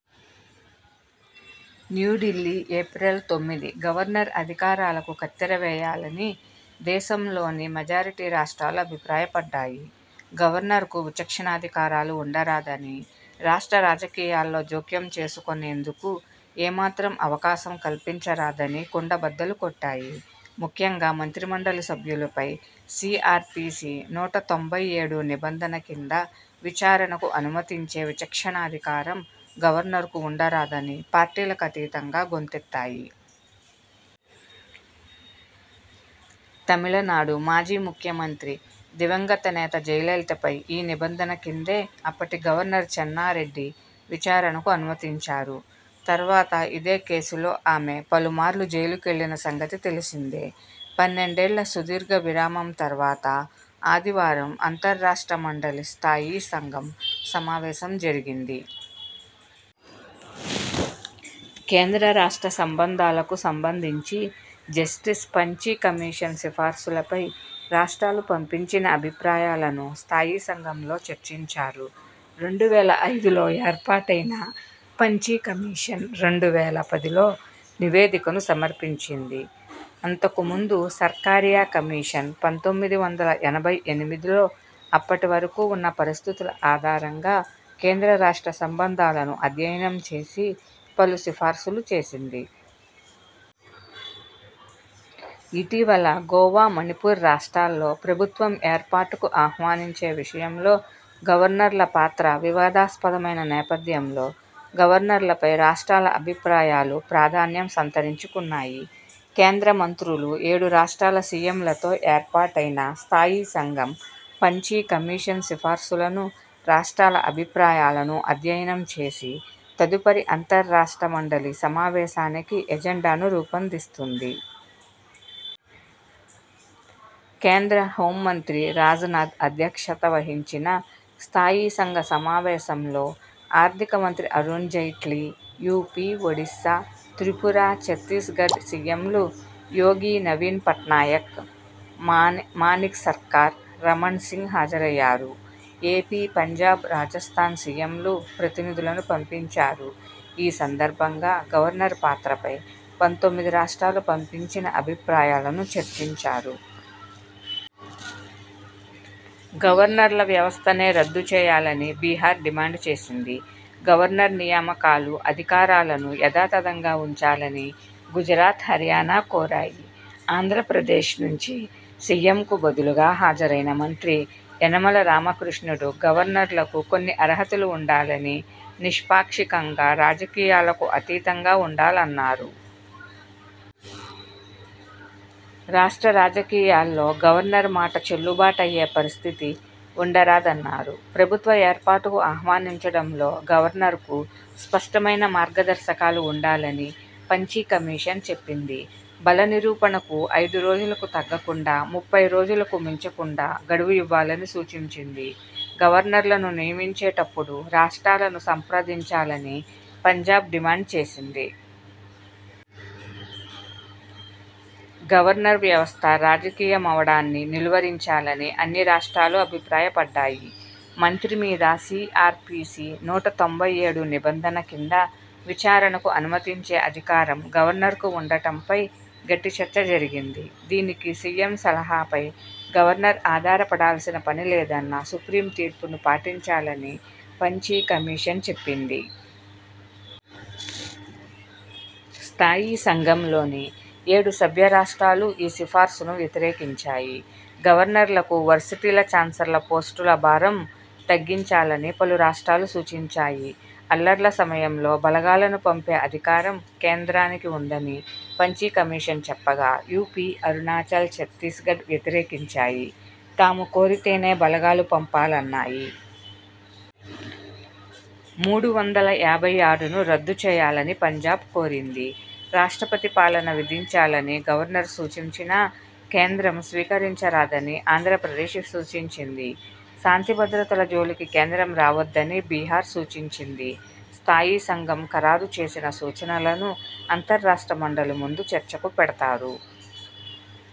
New Delhi April తొమ్మిది governor అధికారాలకు కత్తెర వేయాలని దేశంలోని మెజారిటీ రాష్ట్రాలు అభిప్రాయపడ్డాయి. గవర్నర్కు విచక్షణాధికారాలు ఉండరాదని, రాష్ట్ర రాజకీయాల్లో జోక్యం చేసుకొనేందుకు ఏ మాత్రం అవకాశం కల్పించరాదని కుండబద్దలు కొట్టాయి. ముఖ్యంగా మంత్రి మండలి సభ్యులపై సీఆర్పీసీ నూట తొంభై ఏడు నిబంధన కింద విచారణకు అనుమతించే విచక్షణాధికారం గవర్నర్కు ఉండరాదని పార్టీలకతీతంగా గొంతెత్తాయి. తమిళనాడు మాజీ ముఖ్యమంత్రి, దివంగత నేత జయలలితపై ఈ నిబంధన కిందే అప్పటి గవర్నర్ చెన్నారెడ్డి విచారణకు అనుమతించారు. తర్వాత ఇదే కేసులో ఆమె పలుమార్లు జైలుకెళ్లిన సంగతి తెలిసిందే. పన్నెండేళ్ల సుదీర్ఘ విరామం తర్వాత ఆదివారం అంతర్రాష్ట్ర మండలి స్థాయీ సం ఘం సమావేశం జరిగింది. కేంద్ర-రాష్ట్ర సంబంధాలకు సంబంధించి జస్టిస్ పంచీ కమిషన్ సిఫార్సులపై రాష్ట్రాలు పంపించిన అభిప్రాయాలను స్థాయీ సంఘంలో చర్చించారు. రెండు వేల ఐదులో ఏర్పాటైన పంఛీ కమిషన్ రెండు వేల పదిలో నివేదికను సమర్పించింది. అంతకు ముందు సర్కారియా కమిషన్ పంతొమ్మిది వందల ఎనభై ఎనిమిదిలో అప్పటివరకు ఉన్న పరిస్థితుల ఆధారంగా కేంద్ర-రాష్ట్ర సంబంధాలను అధ్యయనం చేసి పలు సిఫార్సులు చేసింది. ఇటీవల గోవా, మణిపూ ర్ రాష్ట్రాల్లో ప్రభుత్వం ఏర్పాటుకు ఆహ్వానించే విషయంలో గవర్నర్ల పాత్ర వివాదాస్పదమైన నేపథ్యంలో గవర్నర్లపై రాష్ట్రాల అభిప్రాయాలు ప్రాధాన్యం సంతరించుకున్నాయి. కేంద్ర మం త్రులు, ఏడు రాష్ట్రాల సీఎంలతో ఏర్పాటైన స్థాయీసంఘం పంఛీ కమిషన్ సిఫార్సులను, రాష్ట్రాల అభిప్రాయాలను అధ్యయనం చేసి, తదుపరి అంతర్రాష్ట్ర మండలి సమావేశానికి ఎజెండాను రూపొందిస్తుంది. కేంద్ర హోంమంత్రి రాజ్నాథ్ అధ్యక్షత వహించిన స్థాయీ సంఘ సమావేశంలో ఆర్థికమంత్రి అరుణ్ జైట్లీ, యూపీ, ఒడిసా, త్రిపుర, ఛత్తీ్సగఢ్ సీఎంలు యోగి, నవీన్ పట్నాయక్, మానిక్సర్కార్, రమణ్సింగ్ హాజరయ్యారు. ఏపీ, పంజాబ్, రాజస్థాన్ సీఎంలు ప్రతినిధులను పంపించారు. ఈ సందర్భంగా గవర్నర్ పాత్రపై పంతొమ్మిది రాష్ట్రాలు పంపించిన అభిప్రాయాలను చర్చించారు. గవర్నర్ల వ్యవస్థనే రద్దు చేయాలని బిహా ర్ డిమాండ్ చేసింది. గవర్నర్ నియామకాలు, అధికారాలను యధాతథంగా ఉంచాలని గుజరాత, హర్యానా కోరాయి. ఆంధ్రప్రదేశ్ నుంచి సీఎంకు బదులుగా హాజరైన మంత్రి యనమల రామకృష్ణుడు గవర్నర్లకు కొన్ని అర్హతలు ఉండాలని, నిష్పాక్షికం గా, రాజకీయాలకు అతీతంగా ఉండాలన్నారు. రాష్ట్ర రాజకీయా ల్లో గవర్నర్ మాట చెల్లుబాటయ్యే పరిస్థితి ఉండరాదన్నారు. ప్రభుత్వ ఏర్పాటుకు ఆహ్వానించడంలో గవర్నర్కు స్పష్టమైన మార్గదర్శకాలు ఉండాలని పంఛీ కమిషన్ చెప్పింది. బల నిరూపణకు ఐదు రోజులకు తగ్గకుండా, ముప్పై రోజులకు మించకుండా గడువు ఇవ్వాలని సూచించింది. గవర్నర్లను నియమించేటప్పు డు రాష్ట్రాలను సంప్రదించాలని పంజాబ్ డిమాండ్ చేసింది. గవర్నర్ వ్యవస్థ రాజకీయమవడాన్ని నిలువరించాలని అన్ని రాష్ట్రాలు అభిప్రాయపడ్డాయి. మంత్రి మీద సీఆర్పీసీ నూట తొంభై ఏడు నిబంధన కింద విచారణకు అనుమతించే అధికారం గవర్నర్కు ఉండటంపై గట్టి చర్చ జరిగింది. దీనికి సీఎం సలహాపై గవర్న ర్ ఆధారపడాల్సిన పనిలేదన్న సుప్రీం తీర్పును పాటించాలని పంఛీ కమిషన్ చెప్పింది. స్థాయీ సంఘంలోని ఏడు సభ్య రాష్ట్రా లూ ఈసిఫార్సును వ్యతిరేకించాయి. గవర్నర్లకు వర్సిటీల చాన్స్లర్ పోస్టుల భారం తగ్గించాలని పలు రాష్ట్రాలు సూచించాయి. అల్లర్ల సమయంలో బలగాలను పంపే అధికారం కేంద్రానికి ఉందని పంఛీ కమిషన్ చెప్పగా యూపీ, అరుణాచల్, ఛత్తీసగఢ్ వ్యతిరేకించాయి. తాము కోరితేనే బలగాలు పంపాలన్నాయి. మూడు వందల యాభై ఆరును రద్దు చేయాలని పంజాబ్ కోరింది. రాష్ట్రపతి పాలన విధించాలని గవర్నర్ సూచించినా కేంద్రం స్వీకరించరాదని ఆంధ్రప్రదేశ్ సూచించింది. శాంతి భద్రతల జోలికి కేంద్రం రావొద్దని బిహార్ సూచించింది. స్థాయీ సంఘం ఖరారు చేసిన సూచనలను అంతర్రాష్ట్ర మండలి ముందు చర్చకు పెడతారు.